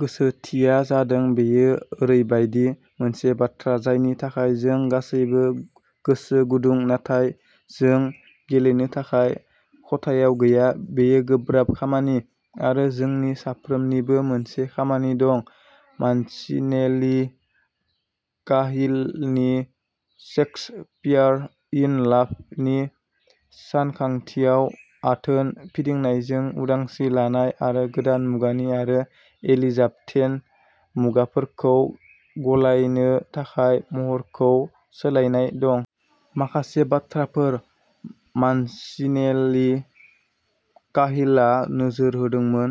गोसोथिआ जादों बेयो ओरैबायदि मोनसे बाथ्रा जायनि थाखाय जों गासैबो गोसो गुदुं, नाथाय जों गेलेनो थाखाय खथायाव गैया। बेयो गोब्राब खामानि आरो जोंनि साफ्रोमनिबो मोनसे खामानि दं। 'मानसिनेलि-काहिलनि" शेक्सपियार इन लाभ " नि सानखांथियाव आथोन फिदिंनायजों उदांस्रि लानाय आरो गोदान मुगानि आरो एलिजाबेथन मुगाफोरखौ गलायनो थाखाय महरखौ सोलायनाय दं। माखासे बाथ्राफोर, मानसिनेलि-काहिलआ नोजोर होदोंमोन,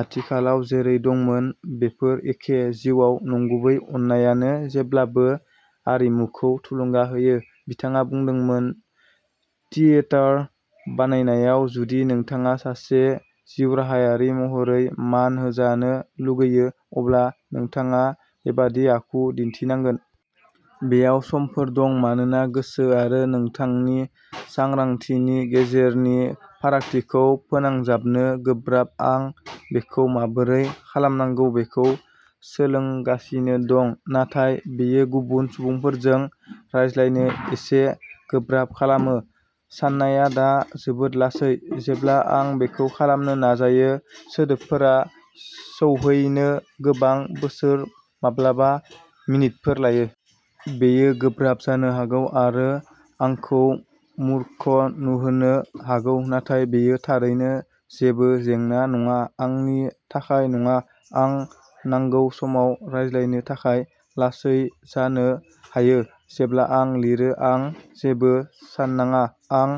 आथिखालाव जेरै दंमोन बेफोर एखे। जिउआव नंगुबै अननायानो जेब्लाबो आरिमुखौ थुलुंगा होयो। बिथाङा बुंदोंमोन थियेटार बानायनायाव जुदि नोंथाङा सासे जिउराहायारि महरै मान होजानो लुगैयो, अब्ला नोंथाङा बेबादि आखु दिन्थिनांगोन। बेयाव समफोर दं मानोना गोसो आरो नोंथांनि सांग्रांथिनि गेजेरनि फारागथिखौ फोनांजाबनो गोब्राब। आं बेखौ माबोरै खालामनांगौ बेखौ सोलोंगासिनो दं नाथाय बेयो गुबुन सुबुंफोरजों रायज्लायनो एसे गोब्राब खालामो। साननाया दा जोबोद लासै। जेब्ला आं बेखौ खालामनो नाजायो सोदोबफोरा सौहैनो गोबां बोसोर, माब्लाबा मिनिटफोर लायो। बेयो गोब्राब जानो हागौ आरो आंखौ मूर्ख नुहोनो हागौ नाथाय बेयो थारैनो जेबो जेंना नङा, आंनि थाखाय नङा। आं नांगौ समाव रायज्लायनो थाखाय लासै जानो हायो। जेब्ला आं लिरो आं जेबो साननाङा, आं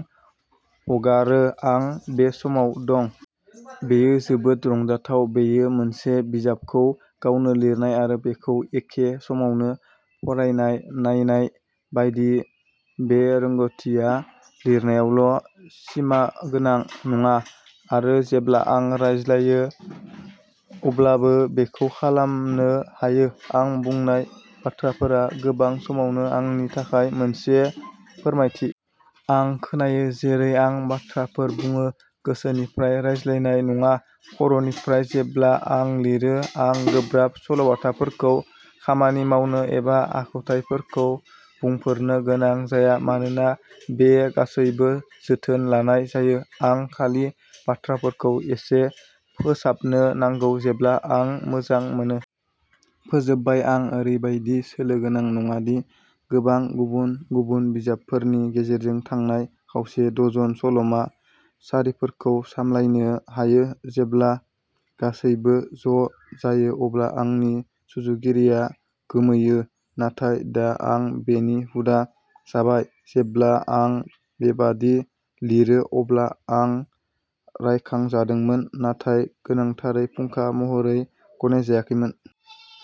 हगारो आं बे समाव दं। बेयो जोबोद रंजाथाव, बेयो मोनसे बिजाबखौ गावनो लिरनाय आरो बेखौ एखे समावनो फरायनाय नायनाय बायदि। बे रोंग'थिआ लिरनायावल' सिमागोनां नङा आरो जेब्ला आं रायज्लायो अब्लाबो बेखौ खालामनो हायो। आं बुंनाय बाथ्राफोरा गोबां समावनो आंनि थाखाय मोनसे फोरमायथि। आं खोनायो जेरै आं बाथ्राफोर बुङो। गोसोनिफ्राय रायज्लायनाय नङा, खर'निफ्राय। जेब्ला आं लिरो आं गोब्राब सल'बाथाफोरखौ खामानि मावनो एबा आखुथाइफोरखौ बुंफोरनो गोनां जाया मानोना बे गासैबो जोथोन लानाय जायो। आं खालि बाथ्राफोरखौ एसे फोसाबनो नांगौ जेब्ला आं मोजां मोनो। फोजोबबाय। आं ओरैबायदि सोलो गोनां नङा दि गोबां गुबुन-गुबुन बिजाबफोरनि गेजेरजों थांनाय खावसे डजन सल'मा सारिफोरखौ सामलायनो हायो। जेब्ला गासैबो ज' जायो अब्ला आंनि सुजुगिरिया गोमोयो, नाथाय दा आं बेनि हुदा जाबाय। जेब्ला आं बेबादि लिरो, अब्ला आं रायखांजादोंमोन, नाथाय गोनांथारै फुंखा महरै गनायजायाखैमोन।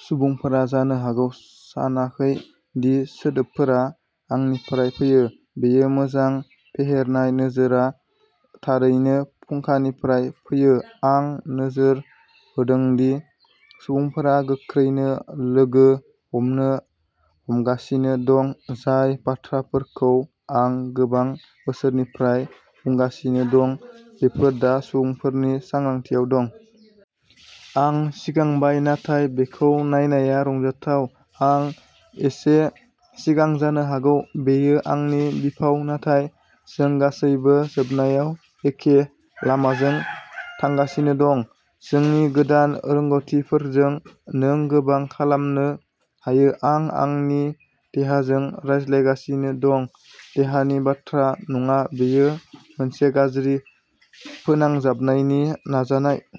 सुबुंफोरा जानो हागौ सानाखै दि सोदोबफोरा आंनिफ्राय फैयो। बेयो मोजां, फेहेरनाय नोजोरआ थारैनो फुंखानिफ्राय फैयो। आं नोजोर होदों दि सुबुंफोरा गोख्रैनो लोगो हमनो हमगासिनो दं। जाय बाथ्राफोरखौ आं गोबां बोसोरनिफ्राय बुंगासिनो दं, बेफोर दा सुबुंफोरनि सांग्रांथियाव दं। आं सिगांबाय नाथाय बेखौ नायनाया रंजाथाव। आं एसे सिगां जानो हागौ, बेयो आंनि बिफाव नाथाय जों गासैबो जोबनायाव एखे लामाजों थांगासिनो दं। जोंनि गोदान रोंग'थिफोरजों नों गोबां खालामनो हायो। आं आंनि देहाजों रायज्लायगासिनो दं। देहानि बाथ्रा नङा, बेयो मोनसे गाज्रि फोनांजाबनायनि नाजानाय।